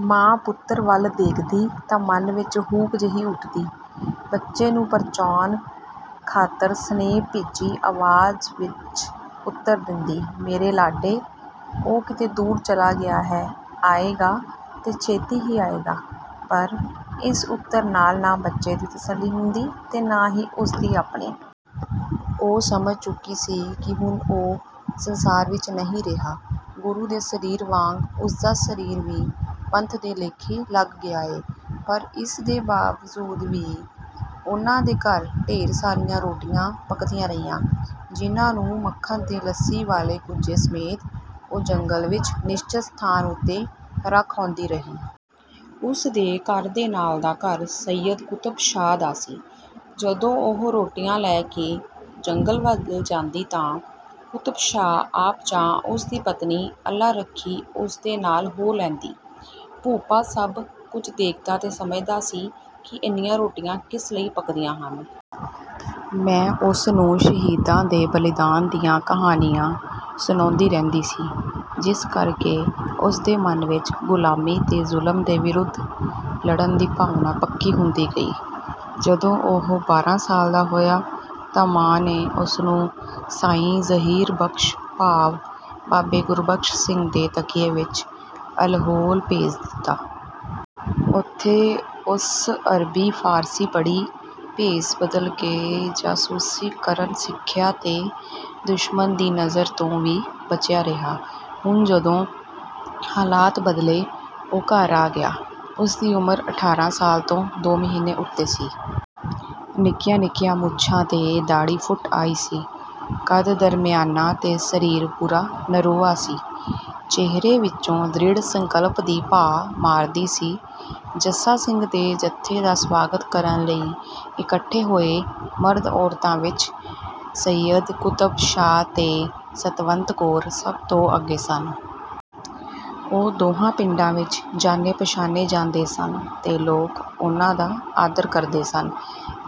ਮਾਂ ਪੁੱਤਰ ਵੱਲ ਦੇਖਦੀ ਤਾਂ ਮਨ ਵਿੱਚ ਹੂਕ ਜਿਹੀ ਉੱਠਦੀ। ਬੱਚੇ ਨੂੰ ਪਰਚਾਉਣ ਖਾਤਰ ਸਨੇਹ-ਭਿੱਜੀ ਆਵਾਜ਼ ਵਿੱਚ ਉੱਤਰ ਦਿੰਦੀ, "ਮੇਰੇ ਲਾਡੇ, ਉਹ ਕਿਤੇ ਦੂਰ ਚਲਾ ਗਿਆ ਏ। ਆਏਗਾ, ਤੇ ਛੇਤੀ ਹੀ ਆਏਗਾ।" ਪਰ ਇਸ ਉੱਤਰ ਨਾਲ ਨਾ ਬੱਚੇ ਦੀ ਤਸੱਲੀ ਹੁੰਦੀ ਤੇ ਨਾ ਹੀ ਉਸਦੀ ਆਪਣੀ। ਉਹ ਸਮਝ ਚੁੱਕੀ ਸੀ ਕਿ ਹੁਣ ਉਹ ਸੰਸਾਰ ਵਿੱਚ ਨਹੀਂ ਰਿਹਾ। ਗੁਰੂ ਦੇ ਸਰੀਰ ਵਾਂਗ ਉਸਦਾ ਸਰੀਰ ਵੀ ਪੰਥ ਦੇ ਲੇਖੇ ਲੱਗ ਗਿਆ ਏ। ਪਰ ਇਸਦੇ ਬਾਵਜੂਦ ਵੀ ਉਹਨਾਂ ਦੇ ਘਰ ਢੇਰ ਸਾਰੀਆਂ ਰੋਟੀਆਂ ਪੱਕਦੀਆਂ ਰਹੀਆਂ, ਜਿਹਨਾਂ ਨੂੰ ਮੱਖਣ ਤੇ ਲੱਸੀ ਵਾਲੇ ਕੁੱਜੇ ਸਮੇਤ, ਉਹ ਜੰਗਲ ਵਿੱਚ ਨਿਸ਼ਚਤ ਸਥਾਨ ਉੱਤੇ ਰੱਖ ਆਉਂਦੀ ਰਹੀ। ਉਸਦੇ ਘਰ ਦੇ ਨਾਲ ਦਾ ਘਰ ਸੱਯਦ ਕੁਤਬ ਸ਼ਾਹ ਦਾ ਸੀ। ਜਦੋਂ ਉਹ ਰੋਟੀਆਂ ਲੈ ਕੇ ਜੰਗਲ ਵੱਲ ਜਾਂਦੀ ਤਾਂ ਕੁਤਬ ਸ਼ਾਹ ਆਪ ਜਾਂ ਉਸਦੀ ਪਤਨੀ ਅੱਲਾ ਰੱਖੀ ਉਸਦੇ ਨਾਲ ਹੋ ਲੈਂਦੀ। ਭੂਪਾ ਸਭ ਕੁਝ ਦੇਖਦਾ ਤੇ ਸਮਝਦਾ ਸੀ ਕਿ ਇੰਨੀਆਂ ਰੋਟੀਆਂ ਕਿਸ ਲਈ ਪੱਕਦੀਆਂ ਹਨ। ਮੈਂ ਉਸਨੂੰ ਸ਼ਹੀਦਾਂ ਦੇ ਬਲੀਦਾਨ ਦੀਆਂ ਕਹਾਣੀਆਂ ਸੁਣਾਉਂਦੀ ਰਹਿੰਦੀ ਸੀ, ਜਿਸ ਕਰਕੇ ਉਸਦੇ ਮਨ ਵਿੱਚ ਗੁਲਾਮੀ ਤੇ ਜ਼ੁਲਮ ਦੇ ਵਿਰੁੱਧ ਲੜਨ ਦੀ ਭਾਵਨਾ ਪੱਕੀ ਹੁੰਦੀ ਗਈ। ਜਦੋਂ ਉਹ ਬਾਰਾਂ ਸਾਲ ਦਾ ਹੋਇਆ ਤਾਂ ਮਾਂ ਨੇ ਉਸਨੂੰ ਸਾਈਂ ਜ਼ਹੀਰ ਬਖਸ਼ ਭਾਵ ਬਾਬੇ ਗੁਰਬਖਸ਼ ਸਿੰਘ ਦੇ ਤਕੀਏ ਵਿੱਚ ਅਲਹੋਲ ਭੇਜ ਦਿੱਤਾ। ਉੱਥੇ ਉਸ ਅਰਬੀ ਫਾਰਸੀ ਪੜ੍ਹੀ, ਭੇਸ ਬਦਲ ਕੇ ਜਾਸੂਸੀ ਕਰਨਾ ਸਿੱਖਿਆ ਤੇ ਦੁਸ਼ਮਣ ਦੀ ਨਜ਼ਰ ਤੋਂ ਵੀ ਬਚਿਆ ਰਿਹਾ। ਹੁਣ ਜਦੋਂ ਹਾਲਾਤ ਬਦਲੇ, ਉਹ ਘਰ ਆ ਗਿਆ। ਉਸਦੀ ਉਮਰ ਅਠਾਰਾਂ ਸਾਲ ਤੋਂ ਦੋ ਮਹੀਨੇ ਉੱਤੇ ਸੀ। ਨਿੱਕੀਆਂ ਨਿੱਕੀਆਂ ਮੁੱਛਾਂ ਤੇ ਦਾੜ੍ਹੀ ਫੁੱਟ ਆਈ ਸੀ। ਕੱਦ ਦਰਮਿਆਨਾ ਤੇ ਸਰੀਰ ਪੂਰਾ ਨਰੋਆ ਸੀ। ਚਿਹਰੇ ਵਿੱਚੋਂ ਦ੍ਰਿੜ੍ਹ ਸੰਕਲਪ ਦੀ ਭਾਅ ਮਾਰਦੀ ਸੀ। ਜੱਸਾ ਸਿੰਘ ਦੇ ਜੱਥੇ ਦਾ ਸਵਾਗਤ ਕਰਨ ਲਈ ਇਕੱਠੇ ਹੋਏ ਮਰਦ-ਔਰਤਾਂ ਵਿੱਚ ਸੱਯਦ ਕੁਤਬ ਸ਼ਾਹ ਤੇ ਸਤਵੰਤ ਕੌਰ ਸਭ ਤੋਂ ਅੱਗੇ ਸਨ। ਉਹ ਦੋਹਾਂ ਪਿੰਡਾਂ ਵਿੱਚ ਜਾਣੇ-ਪਛਾਣੇ ਜਾਂਦੇ ਸਨ ਤੇ ਲੋਕ ਉਹਨਾਂ ਦਾ ਆਦਰ ਕਰਦੇ ਸਨ।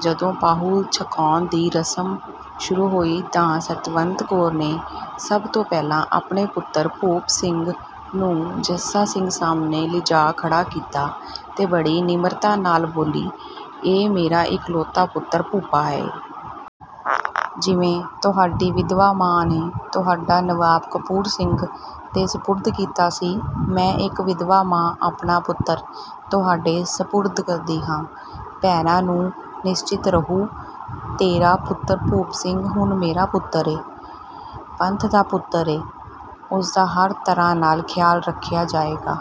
ਜਦੋਂ ਪਾਹੁਲ ਛਕਾਉਣ ਦੀ ਰਸਮ ਸ਼ੁਰੂ ਹੋਈ ਤਾਂ ਸਤਵੰਤ ਕੌਰ ਨੇ ਸਭ ਤੋਂ ਪਹਿਲਾਂ ਆਪਣੇ ਪੁੱਤਰ ਭੂਪ ਸਿੰਘ ਨੂੰ ਜੱਸਾ ਸਿੰਘ ਸਾਹਮਣੇ ਲਿਜਾ ਖੜ੍ਹਾ ਕੀਤਾ ਤੇ ਬੜੀ ਨਿਮਰਤਾ ਨਾਲ ਬੋਲੀ, "ਇਹ ਮੇਰਾ ਇਕਲੌਤਾ ਪੁੱਤਰ ਭੂਪਾ ਏ। ਜਿਵੇਂ ਤੁਹਾਡੀ ਵਿਧਵਾ ਮਾਂ ਨੇ ਤੁਹਾਨੂੰ ਨਵਾਬ ਕਪੂਰ ਸਿੰਘ ਦੇ ਸਪੁਰਦ ਕੀਤਾ ਸੀ, ਮੈਂ ਇੱਕ ਵਿਧਵਾ ਮਾਂ ਆਪਣਾ ਪੁੱਤਰ ਤੁਹਾਡੇ ਸਪੁਰਦ ਕਰਦੀ ਹਾਂ।" "ਭੈਣਾ ਤੂੰ ਨਿਸਚਿੰਤ ਰਹੁ। ਤੇਰਾ ਪੁੱਤਰ ਭੂਪ ਸਿੰਘ ਹੁਣ ਮੇਰਾ ਪੁੱਤਰ ਏ, ਪੰਥ ਦਾ ਪੁੱਤਰ ਏ। ਉਸਦਾ ਹਰ ਤਰ੍ਹਾਂ ਨਾਲ ਖਿਆਲ ਰੱਖਿਆ ਜਾਏਗਾ।"